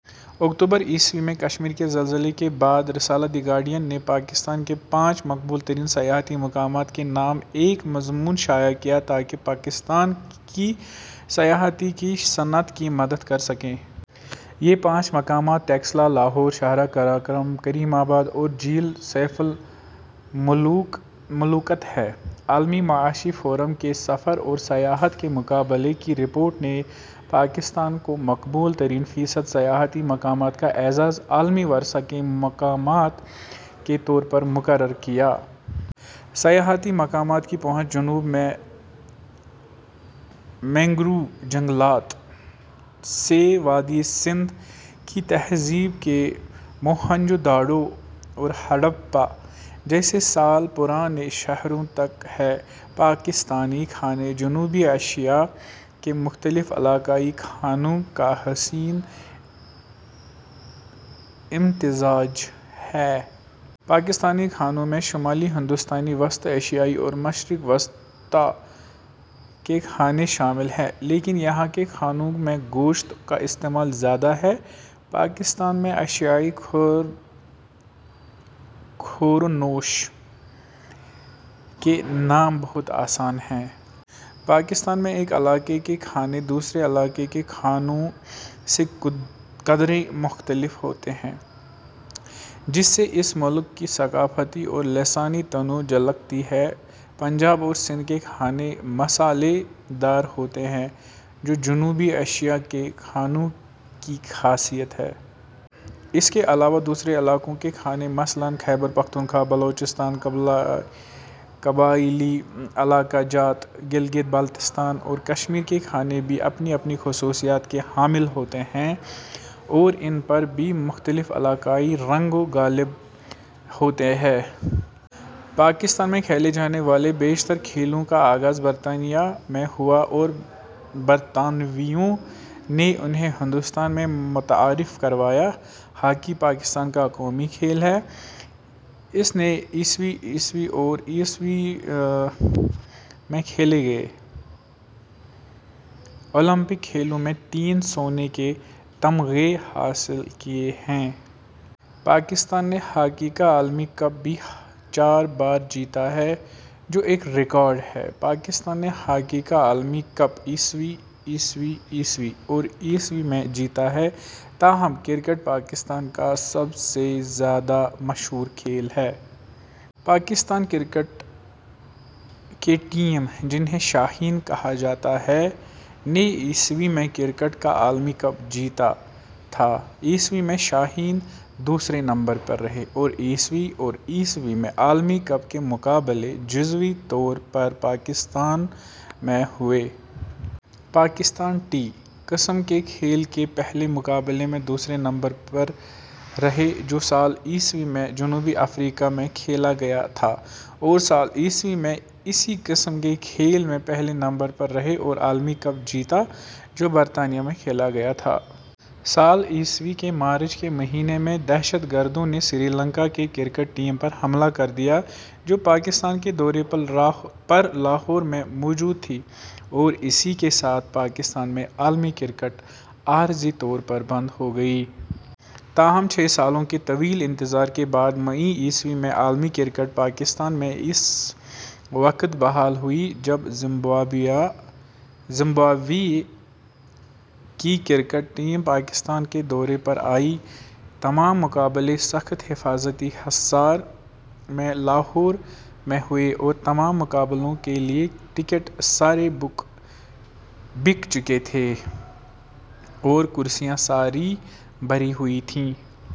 اکتوبر ءمیں کشمیر کے زلزلے کے بعد رسالہ دی گارڈین نے پاکستان کے پانچ مقبول ترین سیاحتی مقامات کے نام سے ایک مضمون شائع کیا تاکہ پاکستان کی سیاحتی کی صنعت کی مدد کر سکے۔ یہ پانچ مقامات ٹیکسلا ، لاہور ، شاہراہ قراقرم ، کریم آباد اور جھیل سیف الملوک تہے۔ عالمی معاشی فورم کے سفر اور سیاحت کے مقابلے کی رپورٹ نے پاکستان کو مقبول ترین فیصد سیاحتی مقامات کا اعزاز عالمی ورثہ کے مقامات کے طور پر مقرر کیا۔ سیاحتی مقامات کی پہنچ جنوب میں مینگروو جنگلات سے وادئ سندھ کی تہذیب کے موہنجو داڑو اور ہڑپہ جیسے سال پرانے شہروں تک ہے۔ پاکستانی کھانے جنوبی ایشیا کے مختلف علاقائی کھانوں کا حسین امتزاج ہیں۔ پاکستانی کھانوں میں شمالی ھندوستانی، وسط ایشیائی اور مشرق وسطیٰ کے کھانے شامل ہیں لیکن یہاں کے کھانوں میں گوشت کا استعمال زیادہ ہے۔ پاکستان میں اشیائے خور و نوش کے نام بہت آسان ہیں۔ پاکستان میں ایک علاقے کے کھانے دوسرے علاقے کے کھانوں سے قدرے مختلف ہوتے ہیں جس سے اس ملک کی ثقافتی اور لسانی تنوع جھلکتی ہے۔ پنجاب اور سندھ کے کھانے مصالحے دار ہوتے ہیں جو جنوبی ایشیا کے کھانوں کی خاصیت ہے۔ اس کے علاوہ دوسرے علاقوں کے کھانے مثلاً خیبر پختونخوا، بلوچستان، قبائیلی علاقہ جات، گلگت بلتستان اور کشمیر کے کھانے بھی اپنی اپنی خصوصیات کے حامل ہوتے ہیں اور ان پر بھی مختلف علاقائی رنگ غالب ہوتے ہیں۔ پاکستان میں کھیلے جانے والے بیشتر کھیلوں کا آغاز برطانیہ میں ہوا اور برطانویوں نے انھیں ہندوستان میں متعارف کروایا۔ ہاکی پاکستان کا قومی کھیل ہے۔ اس نے ء، ء اور ء میں کھیلے گئے اولمپک کھیلوں میں تین سونے کے طمغے حاصل کیے ہیں۔ پاکستان نے ہاکی کا عالمی کپ بھی چار بار جیتا ہے جو ایک ریکارڈ ہے۔ پاکستان نے ہاکی کا عالمی کپ ء، ء، ء اور ء میں جیتا ہے۔ تاہم، کرکٹ پاکستان کا سب سے زیادہ مشہور کھیل ہے۔ پاکستان کرکٹ کے ٹیم، جنھیں شاہین کہا جاتا ہے، نے ء میں کرکٹ کا عالمی کپ جیتا تھا۔ ءمیں شاھین دوسرے نمبر پر رہے۔ اور ء اور ء میں عالمی کپ کے مقابلے جزوی طور پر پاکستان میں ہوئے۔ پاکستان ٹی قسم کے کھیل کے پہلے مقابلے میں دوسرے نمبر پر رہے جو سال ء میں جنوبی افریقا میں کھیلا گیا تھا۔ اور سال ء میں اسی قسم کے کھیل میں پہلے نمبر پر رہے اور عالمی کپ جیتا جو برطانیہ میں کھیلا گیا تھا۔ سال ء کے مارچ کے مہینے میں دہشت گردوں نے سری لنکا کے کرکٹ ٹیم پر حملہ کر دیا جو پاکستان کے دورے پر لاہور میں موجود تھی اور اسی کے ساتھ پاکستان میں عالمی کرکٹ عارضی طور پر بند ہو گئی۔ تاہم چھ سالوں کے طویل انتظار کے بعد مئی ء میں عالمی کرکٹ پاکستان میں اس وقت بحال ہوئی جب زمبابوے کی کرکٹ ٹیم پاکستان کے دورے پر آئی۔ تمام مقابلے سخت حفاظتی حصار میں لاہور میں ہوئے اور تمام مقابلوں کے لیے ٹکٹ سارے بک چکے تھے اور کرسیاں ساری بھری ہوئی تھیں۔